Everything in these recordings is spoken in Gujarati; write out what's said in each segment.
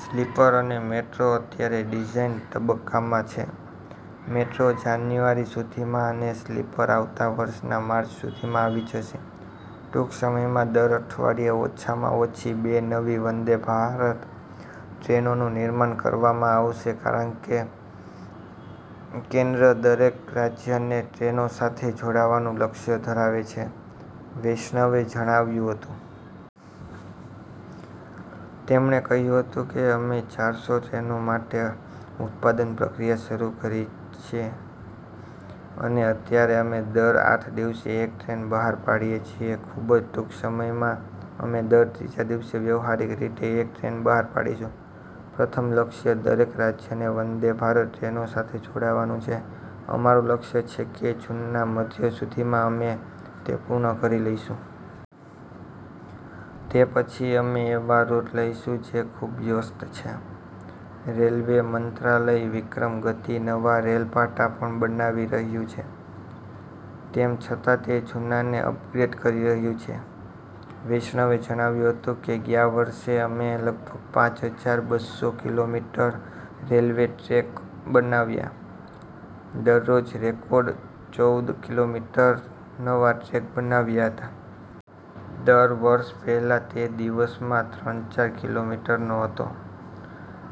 સ્લીપર અને મેટ્રો અત્યારે ડિઝાઇન તબક્કામાં છે. મેટ્રો જાન્યુઆરી સુધીમાં અને સ્લીપર આવતા વર્ષના માર્ચ સુધીમાં આવી જશે. ટૂંક સમયમાં, દર અઠવાડિયે ઓછામાં ઓછી બે નવી વંદે ભારત ટ્રેનોનું નિર્માણ કરવામાં આવશે કારણ કે કેન્દ્ર દરેક રાજ્યને ટ્રેનો સાથે જોડવાનું લક્ષ્ય ધરાવે છે, વૈષ્ણવે જણાવ્યું હતું. તેમણે કહ્યું હતું કે, "અમે ચારસો ટ્રેનો માટે ઉત્પાદન પ્રક્રિયા શરૂ કરી છે અને અત્યારે અમે દર આઠ દિવસે એક ટ્રેન બહાર પાડીએ છીએ. ખૂબ જ ટૂંક સમયમાં અમે દર ત્રીજા દિવસે વ્યવહારીક રીતે એક ટ્રેન બહાર પાડીશું, પ્રથમ લક્ષ્ય દરેક રાજ્યને વંદે ભારત ટ્રેનો સાથે જોડવાનું છે, અમારું લક્ષ્ય છે કે જૂનના મધ્ય સુધીમાં અમે તે પૂર્ણ કરી લઈશું. તે પછી અમે એવા રૂટ લઈશું જે ખૂબ વ્યસ્ત છે. " રેલ્વે મંત્રાલય વિક્રમ ગતિ નવા રેલ પાટા પણ બનાવી રહ્યું છે, તેમ છતાં તે જૂનાને અપગ્રેડ કરી રહ્યું છે, વૈષ્ણવે જણાવ્યું હતું કે, "ગયા વર્ષે, અમે લગભગ પાંચ હજાર બસ્સો કિલોમીટર રેલ્વે ટ્રેક બનાવ્યા, દરરોજ રેકોર્ડ ચૌદ કિલોમીટર નવા ટ્રેક બનાવ્યા હતા. દસ વર્ષ પહેલાં, તે દિવસમાં ત્રણ-ચાર કિલોમીટરનો હતો,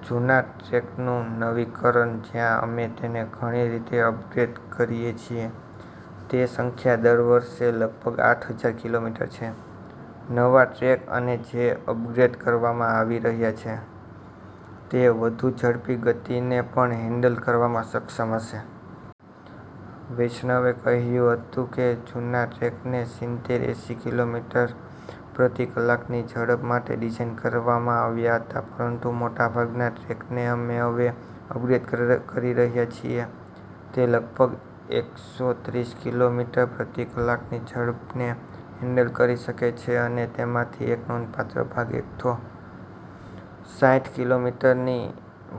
જૂના ટ્રેકનું નવીકરણ, જ્યાં અમે તેને ઘણી રીતે અપગ્રેડ કરીએ છીએ, તે સંખ્યા દર વર્ષે લગભગ આઠ હજાર કિલોમીટર છે. " નવા ટ્રેક અને જે અપગ્રેડ કરવામાં આવી રહ્યા છે તે વધુ ઝડપી ગતિને પણ હેન્ડલ કરવામાં સક્ષમ હશે. વૈષ્ણવે કહ્યું હતું કે, "જૂના ટ્રેકને સિત્તેર-એંસી કિલોમીટર પ્રતિ કલાકની ઝડપ માટે ડિઝાઇન કરવામાં આવ્યા હતા, પરંતુ મોટા ભાગના ટ્રેકને અમે હવે અપગ્રેડ કરી રહ્યા છીએ, તે લગભગ એકસો ત્રીસ કિલોમીટર પ્રતિ કલાકની ઝડપને હેન્ડલ કરી શકે છે અને તેમાંથી એક નોંધપાત્ર ભાગ એકસો સાઈઠ કિલોમીટરથી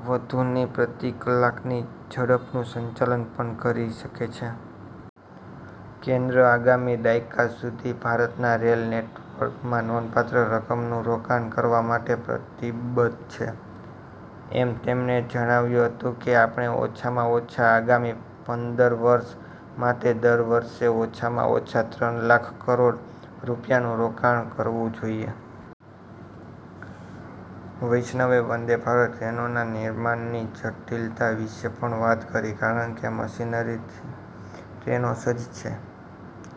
વધુની પ્રતિ કલાકની ઝડપનું સંચાલન પણ કરી શકે છે. કેન્દ્ર આગામી દાયકા સુધી ભારતના રેલ નેટવર્કમાં નોંધપાત્ર રકમનું રોકાણ કરવા માટે પ્રતિબદ્ધ છે, એમ તેમણે જણાવ્યું હતું કે, "આપણે ઓછામાં ઓછા આગામી પંદર વર્ષ માટે દર વર્ષે ઓછામાં ઓછા ત્રણ લાખ કરોડ રૂપિયાનું રોકાણ કરવું જોઈએ. " વૈષ્ણવે વંદે ભારત ટ્રેનોના નિર્માણની જટિલતા વિશે પણ વાત કરી, કારણ કે મશીનરીથી ટ્રેનો સજ્જ છે.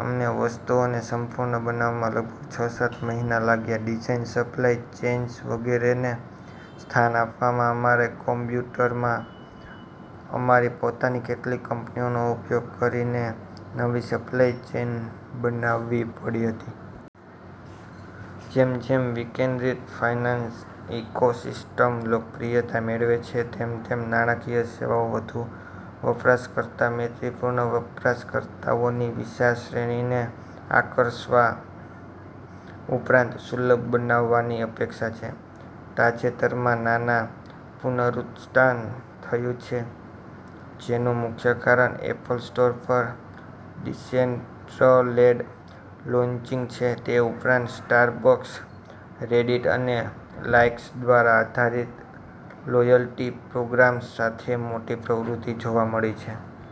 "અમને વસ્તુઓને સંપૂર્ણ બનાવવામાં લગભગ છ-સાત મહિના લાગ્યા, ડિઝાઇન, સપ્લાય ચેઇન્સ વગેરેને સ્થાન આપવામાં, અમારે કોઇમ્બતુરમાં અમારી પોતાની કેટલીક કંપનીઓનો ઉપયોગ કરીને નવી સપ્લાય ચેઇન બનાવવી પડી હતી. જેમ જેમ વિકેન્દ્રિત ફાઇનાન્સ ઇકોસિસ્ટમ લોકપ્રિયતા મેળવે છે, તેમ તેમ નાણાકીય સેવાઓ વધુ વપરાશકર્તા-મૈત્રીપૂર્ણ, વપરાશકર્તાઓની વિશાળ શ્રેણીને આકર્ષવા ઉપરાંત સુલભ બનવાની અપેક્ષા છે. " તાજેતરમાં નાના પુનરુત્થાન થયું છે જેનું મુખ્ય કારણ એપલ સ્ટોર પર ડીસેન્ટ્રલેન્ડ લોન્ચિંગ છે, તે ઉપરાંત સ્ટારબક્સ, રેડિટ અને લાઇક્સ દ્વારા -આધારિત લોયલ્ટી પ્રોગ્રામ્સ સાથે મોટી પ્રવૃત્તિ જોવા મળી છે.